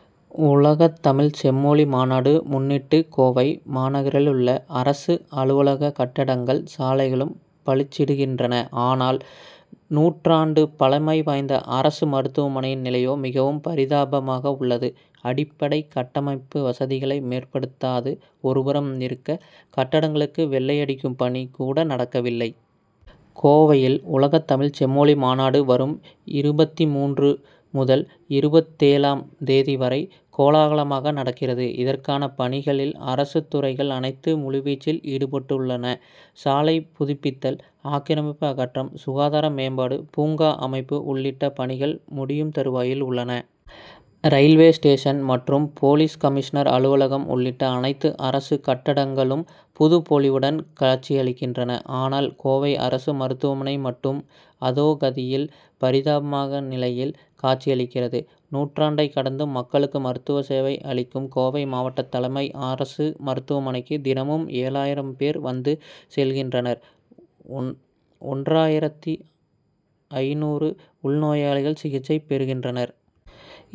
! உலகத்தமிழ் செம்மொழி மாநாடு முன்னிட்டு கோவை மாநகரிலுள்ள அரசு அலுவலக கட்டடங்கள், சாலைகளும் பளிச்சிடுகின்றன. ஆனால், நூற்றாண்டு பழமை வாய்ந்த அரசு மருத்துவமனையின் நிலையோ மிகவும் பரிதாபமாக உள்ளது. அடிப்படை கட்டமைப்பு வசதிகளை மேம்படுத்தாது ஒருபுறம் இருக்க, கட்டடங்களுக்கு வெள்ளையடிக்கும் பணி கூட நடக்கவில்லை. கோவையில், உலகத்தமிழ்ச் செம்மொழி மாநாடு வரும் இருபத்திமூன்று முதல் இருபத்தேழாம் தேதி வரை கோலாகலமாக நடக்கிறது. இதற்கான பணிகளில் அரசுத் துறைகள் அனைத்து முழுவீச்சில் ஈடுப்பட்டுள்ளன. சாலை புதுப்பித்தல், ஆக்கிரமிப்பு அகற்றம், சுகாதார மேம்பாடு, பூங்கா அமைப்பு உள்ளிட்ட பணிகள் முடியும் தருவாயில் உள்ளன. ரயில்வே ஸ்டேஷன் மற்றும் போலீஸ் கமிஷ்னர் அலுவலகம் உள்ளிட்ட அனைத்து அரசு கட்டடங்களும் புது பொலிவுடன் காட்சியளிக்கின்றன. ஆனால், கோவை அரசு மருத்துவமனை மட்டும் அதோ கதி'யில் பரிதாபமாக நிலையில் காட்சியளிக்கிறது. நூற்றாண்டை கடந்தும் மக்களுக்கு மருத்துவ சேவை அளிக்கும் கோவை மாவட்ட தலைமை அரசு மருத்துவமனைக்கு தினமும் ஏழாயிரம் பேர் வந்து செல்கின்றனர் ஒன்றாயிரத்தி ஐந்நூறு உள் நோயாளிகள் சிகிச்சை பெறுகின்றனர்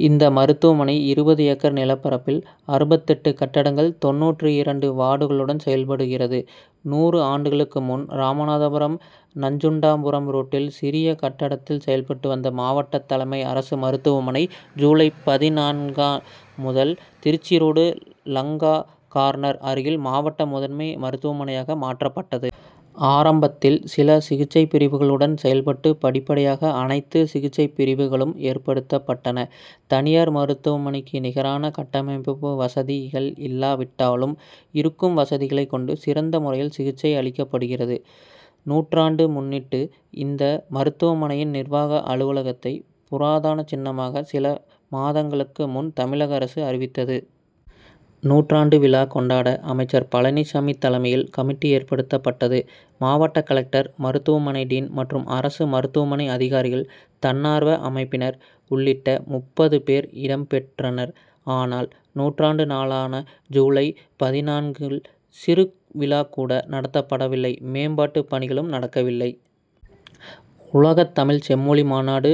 இந்த மருத்துவமனை இருபது ஏக்கர் நிலப்பரப்பில் அறுபத்தெட்டு கட்டடங்கள், தொண்ணூற்று இரண்டு வார்டுகளுடன் செயல்படுகிறது. நூறு ஆண்டுகளுக்கு முன், ராமநாதபுரம் நஞ்சுண்டாபுரம் ரோட்டில் சிறிய கட்டடத்தில் செயல்பட்டு வந்த மாவட்ட தலைமை அரசு மருத்துவமனை, ஜூலை பதினான்கா முதல் திருச்சி ரோடு, லங்கா கார்னர் அருகில் மாவட்ட முதன்மை மருத்துவமனையாக மாற்றப்பட்டது. ஆரம்பத்தில் சில சிகிச்சைப்பிரிவுகளுடன் செயல்பட்டு படிப்படியாக அனைத்து சிகிச்சைப்பிரிவுகளும் ஏற்படுத்தப்பட்டன. தனியார் மருத்துவமனைக்கு நிகரான கட்டமைப்பு வசதிகள் இல்லாவிட்டாலும், இருக்கும் வசதிகளை கொண்டு சிறந்த முறையில் சிகிச்சை அளிக்கப்படுகிறது. நூற்றாண்டு முன்னிட்டு, இந்த மருத்துவமனையின் நிர்வாக அலுவலகத்தை புராதான சின்னமாக சில மாதங்களுக்கு முன் தமிழக அரசு அறிவித்தது. நூற்றாண்டு விழா கொண் டாட அமைச்சர் பழனிசாமி தலைமையில் கமிட்டி ஏற்படுத்தப்பட்டது. மாவட்ட கலெக்டர், மருத்துவமனை டீன்' மற்றும் அரசு மருத்துவமனை அதிகாரிகள், தன்னார்வ அமைப்பினர் உள்ளிட்ட முப்பது பேர் இடம் பெற்றனர். ஆனால், நூற்றாண்டு நாளான ஜூலை பதினான்கு ல் சிறு விழா கூட நடத்தப்படவில்லை மேம்பாட்டு பணிகளும் நடக்கவில்லை. உலகத்தமிழ் செம்மொழி மாநாடு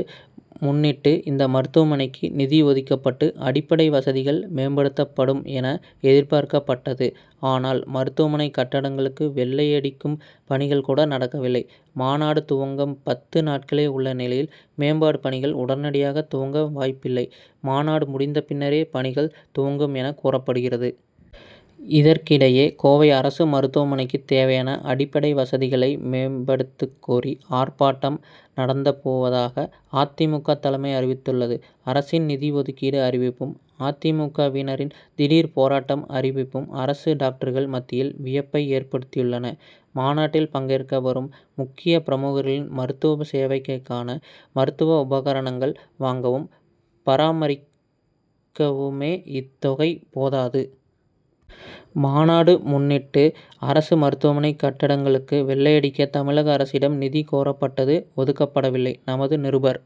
முன்னிட்டு இந்த மருத்துவமனைக்கு நிதி ஒதுக்கப்பட்டு, அடிப்படை வசதிகள் மேம்படுத்தப்படும் என எதிர்பார்க்கப்பட்டது. ஆனால், மருத்துவமனை கட்டடங்களுக்கு வெள் ளையடிக்கும் பணிகள் கூட நடக்கவில்லை. மாநாடு துவங்க பத்து நாட்களே உள்ள நிலையில் மேம்பாடு பணிகள் உடனடியாக துவங்க வாய்ப்பில்லை. மாநாடு முடிந்தபின்னரே பணிகள் துவங்கும் என கூறப்படுகிறது. இதற்கிடையே, கோவை அரசு மருத்துவமனைக்கு தேவையான அடிப்படை வசதிகளை மேம்படுத்துக்கோரி, ஆர்ப்பாட்டம் நடந்தப்போவதாக அ. தி. மு. க., தலைமை அறிவித்துள்ளது. அரசின் நிதி ஒதுக்கீடு அறிவிப்பும், அ. தி. மு. க.,வினரின் திடீர் போராட்டம் அறிவிப்பும், அரசு டாக்டர்கள் மத்தியில் வியப்பை ஏற்படுத்தியுள்ளன. மாநாட்டில் பங்கேற்க வரும் முக்கிய பிரமுகர்களின் மருத்துவ சேவைக்கான மருத்துவ உபகரணங்கள் வாங்கவும், பராமரிக்கவுமே இத்தொகை போதாது. மாநாடு முன்னிட்டு அரசு மருத்துவமனை கட்டடங்களுக்கு வெள்ளையடிக்க தமிழக அரசிடம் நிதி கோரப்பட்டது ஒதுக்கப்படவில்லை. நமது நிருபர் -